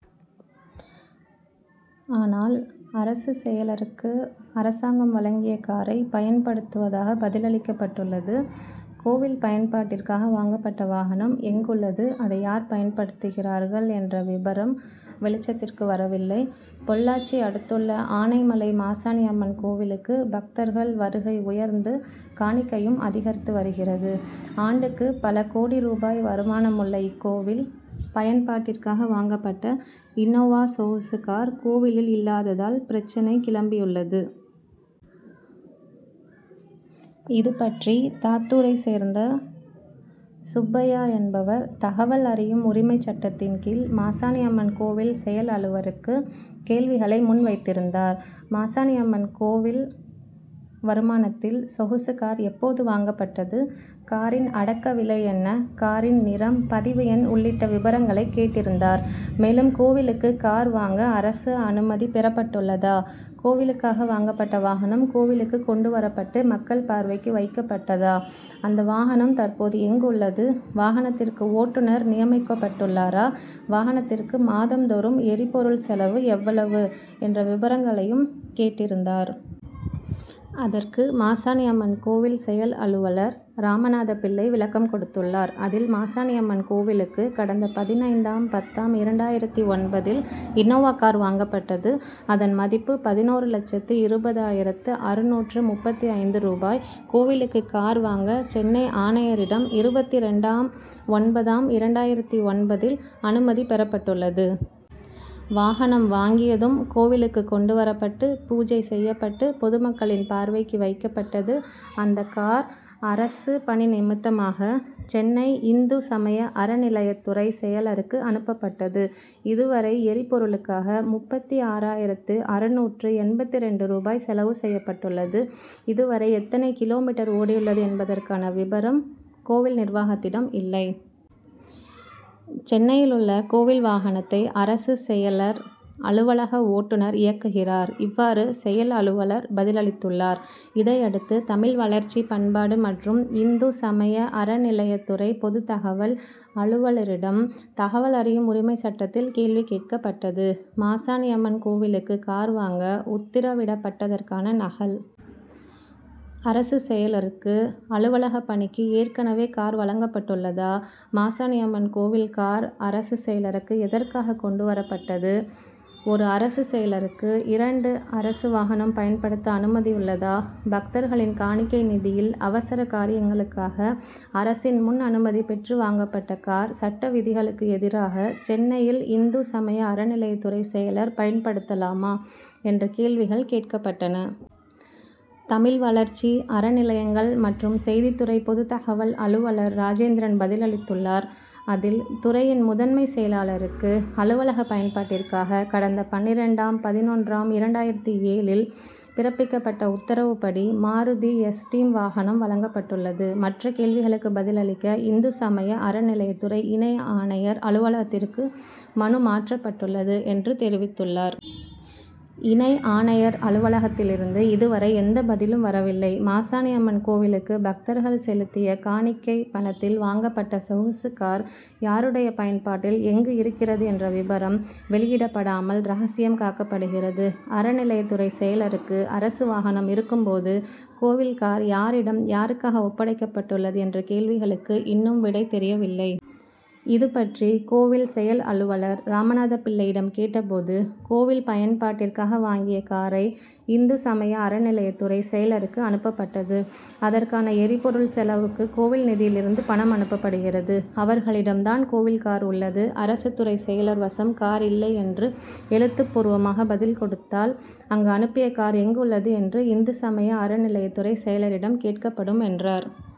ஆனால், அரசு செயலருக்கு அரசாங்கம் வழங்கிய காரை பயன்படுத்துவதாக பதிலளிக்கப்பட்டுள்ளது. கோவில் பயன்பாட்டிற்காக வாங்கப்பட்ட வாகனம் எங்குள்ளது? அதை யார் பயன்படுத்துகிறார்கள்? என்ற விபரம் வெளிச்சத்திற்கு வரவில்லை. பொள்ளாச்சி அடுத்துள்ள ஆனைமலை மாசாணியம்மன் கோவிலுக்கு பக்தர்கள் வருகை உயர்ந்து காணிக்கையும் அதிகரித்து வருகிறது. ஆண்டுக்கு பல கோடி ரூபாய் வருமானமுள்ள இக்கோவில் பயன்பாட்டிற்காக வாங்கப்பட்ட இனோவா சொகுசு கார், கோவிலில் இல்லாததால் பிரச்னை கிளம்பியுள்ளது. இதுபற்றி தாத்தூரை சேர்ந்த சுப்பையா என்பவர் தகவல் அறியும் உரிமைச்சட்டத்தின் கீழ் மாசாணியம்மன் கோவில் செயல்அலுவலருக்கு கேள்விகளை முன்வைத்திருந்தார். மாசாணியம்மன் கோவில் வருமானத்தில் சொகுசு கார் எப்போது வாங்கப்பட்டது, காரின் அடக்கவிலை என்ன, காரின் நிறம், பதிவு எண் உள்ளிட்ட விபரங்களை கேட்டிருந்தார். மேலும், கோவிலுக்கு கார் வாங்க அரசு அனுமதி பெறப்பட்டுள்ளதா, கோவிலுக்காக வாங்கப்பட்ட வாகனம் கோவிலுக்கு கொண்டு வரப்பட்டு மக்கள் பார்வைக்கு வைக்கப்பட்டதா, அந்த வாகனம் தற்போது எங்குள்ளது, வாகனத்திற்கு ஓட்டுனர் நியமிக்கப்பட்டுள்ளாரா, வாகனத்திற்கு மாதம் தோறும் எரிபொருள் செலவு எவ்வளவு என்ற விபரங்களையும் கேட்டிருந்தார். அதற்கு, மாசாணியம்மன் கோவில் செயல்அலுவலர் ராமநாதபிள்ளை விளக்கம் கொடுத்துள்ளார். அதில், மாசாணியம்மன் கோவிலுக்கு கடந்த பதினைந்தாம் பத்தாம் இரண்டாயிரத்து ஒன்பதாம்ல் இனோவா கார் வாங்கப்பட்டது. அதன் மதிப்பு பதினொரு லட்சத்து இருபதாயிரத்து அறுநூற்று முப்பத்தைந்து ரூபாய். கோவிலுக்கு கார் வாங்க சென்னை ஆணையரிடம் இருபத்திரண்டாம் ஒன்பதாம் இரண்டாயிரத்து ஒன்பதாம்ல் அனுமதி பெறப்பட்டுள்ளது. வாகனம் வாங்கியதும் கோவிலுக்கு கொண்டு வரப்பட்டு பூஜை செய்யப்பட்டு பொதுமக்களின் பார்வைக்கு வைக்கப்பட்டது. அந்த கார் அரசு பணி நிமித்தமாக சென்னை, இந்து சமய அறநிலையத்துறை செயலருக்கு அனுப்பப்பட்டது. இதுவரை எரிபொருளுக்காக முப்பத்தாறாயிரத்து அறுநூற்று எண்பத்திரண்டு ரூபாய் செலவு செய்யப்பட்டுள்ளது. இதுவரை எத்தனை கிலோமீட்டர் ஓடியுள்ளது என்பதற்கான விபரம் கோவில் நிர்வாகத்திடம் இல்லை. சென்னையிலுள்ள கோவில் வாகனத்தை அரசு செயலர் அலுவலக ஓட்டுனர் இயக்குகிறார். இவ்வாறு, செயல்அலுவலர் பதிலளித்துள்ளார். இதையடுத்து, தமிழ் வளர்ச்சி பண்பாடு மற்றும் இந்து சமய அறநிலையத்துறை பொதுத்தகவல் அலுவலரிடம் தகவல் அறியும் உரிமை சட்டத்தில் கேள்வி கேட்கப்பட்டது. மாசாணியம்மன் கோவிலுக்கு கார் வாங்க உத்தரவிடப்பட்டதற்கான நகல், அரசு செயலருக்கு அலுவலக பணிக்கு ஏற்கனவே கார் வழங்கப்பட்டுள்ளதா, மாசாணியம்மன் கோவில் கார் அரசு செயலருக்கு எதற்காக கொண்டு வரப்பட்டது, ஒரு அரசு செயலருக்கு இரண்டு அரசு வாகனம் பயன்படுத்த அனுமதியுள்ளதா, பக்தர்களின் காணிக்கை நிதியில் அவசர காரியங்களுக்காக அரசின் முன் அனுமதி பெற்று வாங்கப்பட்ட கார் சட்டவிதிகளுக்கு எதிராக சென்னையில் இந்து சமய அறநிலையத்துறை செயலர் பயன்படுத்தலாமா என்ற கேள்விகள் கேட்கப்பட்டன. தமிழ் வளர்ச்சி, அறநிலையங்கள் மற்றும் செய்தி துறை பொதுத் தகவல் அலுவலர் ராஜேந்திரன் பதிலளித்துள்ளார். அதில், துறையின் முதன்மை செயலாளருக்கு அலுவலக பயன்பாட்டிற்காக கடந்த பன்னிரண்டாம் பதினொன்றாம் இரண்டாயிரத்து ஏழாம்ல் பிறப்பிக்கப்பட்ட உத்தரவுப்படி மாருதி எஸ்டீம் வாகனம் வழங்கப்பட்டுள்ளது. மற்ற கேள்விகளுக்கு பதிலளிக்க இந்து சமய அறநிலையத்துறை இணை ஆணையர் அலுவலகத்திற்கு மனு மாற்றப்பட்டுள்ளது என்று தெரிவித்துள்ளார். இணை ஆணையர் அலுவலகத்தில் இருந்து இதுவரை எந்த பதிலும் வரவில்லை. மாசாணியம்மன் கோவிலுக்கு பக்தர்கள் செலுத்திய காணிக்கை பணத்தில் வாங்கப்பட்ட சொகுசு கார் யாருடைய பயன்பாட்டில், எங்கு இருக்கிறது என்ற விபரம் வெளியிடப்படாமல் ரகசியம் காக்கப்படுகிறது. அறநிலையத்துறை செயலருக்கு அரசு வாகனம் இருக்கும் போது, கோவில் கார் யாரிடம் யாருக்காக ஒப்படைக்கப்பட்டுள்ளது என்ற கேள்விகளுக்கு இன்னும் விடை தெரியவில்லை. இதுபற்றி கோவில் செயல்அலுவலர் ராமநாதபிள்ளையிடம் கேட்டபோது, கோவில் பயன்பாட்டிற்காக வாங்கிய காரை இந்து சமய அறநிலையத்துறை செயலருக்கு அனுப்பப்பட்டது. அதற்கான எரிபொருள் செலவுக்கு கோவில் நிதியில் இருந்து பணம் அனுப்பப்படுகிறது. அவர்களிடம் தான் கோவில் கார் உள்ளது. அரசு துறை செயலர் வசம் கார் இல்லை என்று எழுத்து பூர்வமாக பதில் கொடுத்தால், அங்கு அனுப்பிய கார் எங்குள்ளது என்று இந்து சமய அறநிலையத்துறை செயலரிடம் கேட்கப்படும் என்றார்.